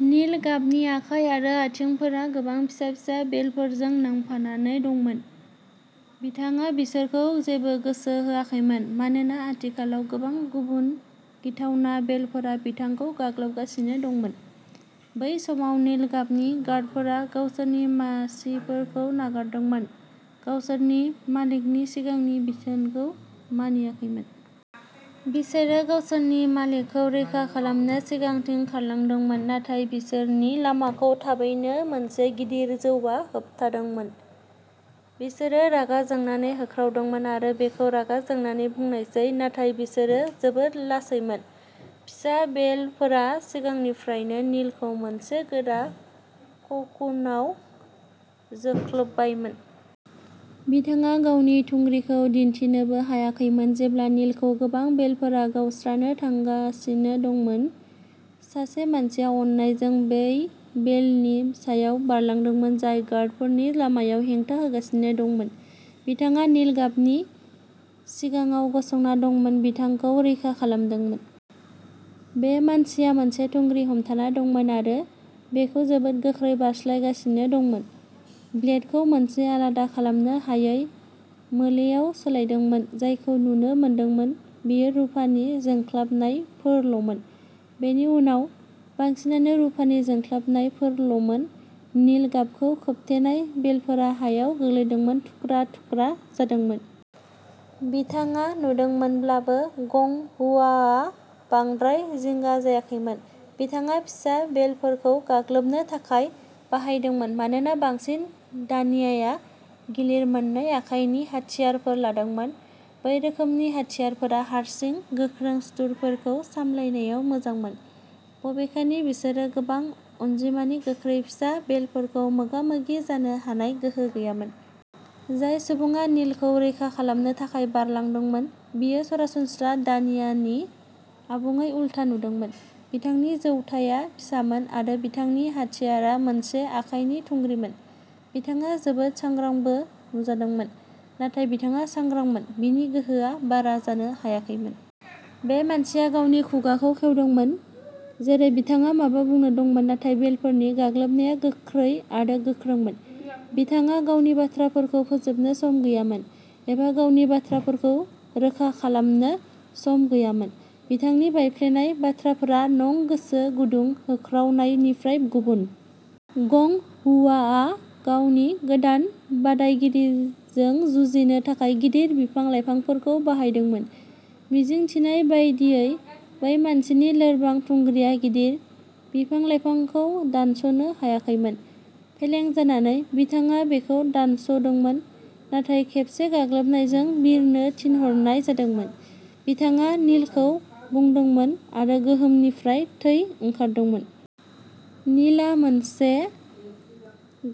नील गाबनि आखाइ आरो आथिंफोरा गोबां फिसा-फिसा बेलफोरजों नांफानानै दंमोन। बिथाङा बिसोरखौ जेबो गोसो होआखैमोन, मानोना आथिखालाव गोबां गुबुन गिथावना बेलफोरा बिथांखौ गाग्लोबगासिनो दंमोन। बै समाव, नील गाबनि गार्डफोरा गावसोरनि मासिफोरखौ नागारदोंमोन, गावसोरनि मालिकनि सिगांनि बिथोनखौ मानियाखैमोन। बिसोरो गावसोरनि मालिकखौ रैखा खालामनो सिगांथिं खारलांदोंमोन, नाथाय बिसोरनि लामाखौ थाबैनो मोनसे गिदिर जौआ होबथादोंमोन। बिसोरो रागा जोंनानै होख्रावदोंमोन, आरो बेखौ रागा जोंनानै बुनायसै। नाथाय बिसोरो जोबोद लासैमोन फिसा बेलफोरा सिगांनिफ्रायनो नीलखौ मोनसे गोरा ककुनआव जोख्लोबबायमोन। बिथाङा गावनि थुंग्रिखौ दिन्थिनोबो हायाखैमोन। जेब्ला नीलखौ गोबां बेलफोरा गावस्रानो थांगासिनो दंमोन, सासे मानसिया अननायजों बै बेलनि सायाव बारलांदोंमोन जाय गार्डफोरनि लामायाव हेंथा होगासिनो दंमोन। बिथाङा नील गाबनि सिगाङाव गसंना दंमोन, बिथांखौ रैखा खालामदोंमोन। बे मानसिया मोनसे थुंग्रि हमथाना दंमोन, आरो बेखौ जोबोद गोख्रै बारस्लायगासिनो दंमोन, ब्लेडखौ मोनसे आलादा खालामनो हायै मोलेआव सोलायदोंमोन। जायखौ नुनो मोनदोंमोन बेयो रुफानि जोंख्लाबनायफोरल'मोन। बेनि उनाव, बांसिनानो रुफानि जोंख्लाबनायफोरल'मोन। नील गाबखौ खोबथेनाय बेलफोरा हायाव गोग्लैदोंमोन, थुख्रा-थुख्रा जादोंमोन। बिथाङा नुदोंमोनब्लाबो, गं हुआआ बांद्राय जिंगा जायाखैमोन। बिथाङा फिसा बेलफोरखौ गाग्लोबनो थाखाय बाहायदोंमोन मानोना बांसिन दानियाया गिलिर मोन्नै आखाइनि हाथियारफोर लादोंमोन। बै रोखोमनि हाथियारफोरा हारसिं, गोख्रों सुथुरफोरखौ सामलायनायाव मोजांमोन। बबेखानि, बिसोरो गोबां अनजिमानि गोख्रै फिसा बेलफोरखौ मोगा-मोगि जानो हानाय गोहो गैयामोन। जाय सुबुङा नीलखौ रैखा खालामनो थाखाय बारलांदोंमोन, बियो सरासनस्रा दानियानि आबुङै उल्था नुदोंमोन। बिथांनि जौथाया फिसामोन, आरो बिथांनि हाथियारआ मोनसे आखाइनि थुंग्रिमोन। बिथाङा जोबोद सांग्रांबो नुजादोंमोन। नाथाय बिथाङा सांग्रांमोन, बिनि गोहोआ बारा जानो हायाखैमोन। बे मानसिया गावनि खुगाखौ खेवदोंमोन, जेरै बिथाङा माबा बुंनो दंमोन। नाथाय बेलफोरनि गाग्लोबनाया गोख्रै आरो गोख्रोंमोन। बिथाङा गावनि बाथ्राफोरखौ फोजोबनो सम गैयामोन, एबा गावनि बाथ्राफोरखौ रोखा खालामनो सम गैयामोन। बिथांनि बायफ्लेनाय बाथ्राफोरा नं गोसो गुदुं होख्रावनायनिफ्राय गुबुन। गं हुआआ गावनि गोदान बादायगिरिजों जुजिनो थाखाय गिदिर बिफां-लाइफांफोरखौ बाहायदोंमोन। मिजिं थिनाय बायदियै, बै मानसिनि लोरबां थुंग्रिआ गिदिर बिफां-लाइफांखौ दानस'नो हायाखैमोन। फेलें जानानै, बिथाङा बेखौ दानस'दोंमोन, नाथाय खेबसे गाग्लोबनायजों बिरनो थिनहरनाय जादोंमोन। बिथाङा नीलखौ बुदोंमोन, आरो गोहोमनिफ्राय थै ओंखारदोंमोन। नीलआ मोनसे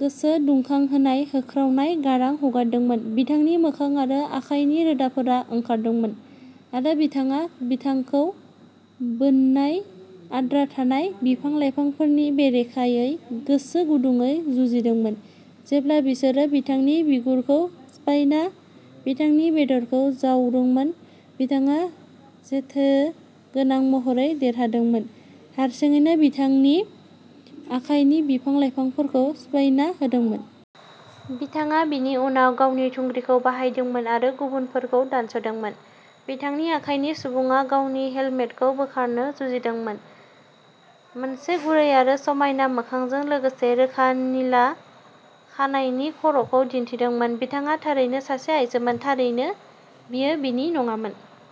गोसो दुंखांहोनाय होख्रावनाय गारां हगारदोंमोन। बिथांनि मोखां आरो आखाइनि रोदाफोरा ओंखारदोंमोन, आरो बिथाङा बिथांखौ बोननाय आद्रा थानाय बिफां-लाइफांफोरनि बेरेखायै गोसो गुदुंयै जुजिदोंमोन। जेब्ला बिसोरो बिथांनि बिगुरखौ सिफायना बिथांनि बेदरखौ जावदोंमोन, बिथाङा जेथोगोनां महरै देरहादोंमोन, हारसिङैनो बिथांनि आखाइनि बिफां-लाइफांफोरखौ सिफायना होदोंमोन। बिथाङा बिनि उनाव गावनि थुंग्रिखौ बाहायदोंमोन आरो गुबुनफोरखौ दानस'दोंमोन। बिथांनि आखाइनि सुबुङा गावनि हेलमेटखौ बोखारनो जुजिदोंमोन, मोनसे गुरै आरो समायना मोखांजों लोगोसे रोखा निला खानाइनि खर'खौ दिन्थिदोंमोन बिथाङा थारैनो सासे आइजोमोन थारैनो, बियो बिनि नङामोन।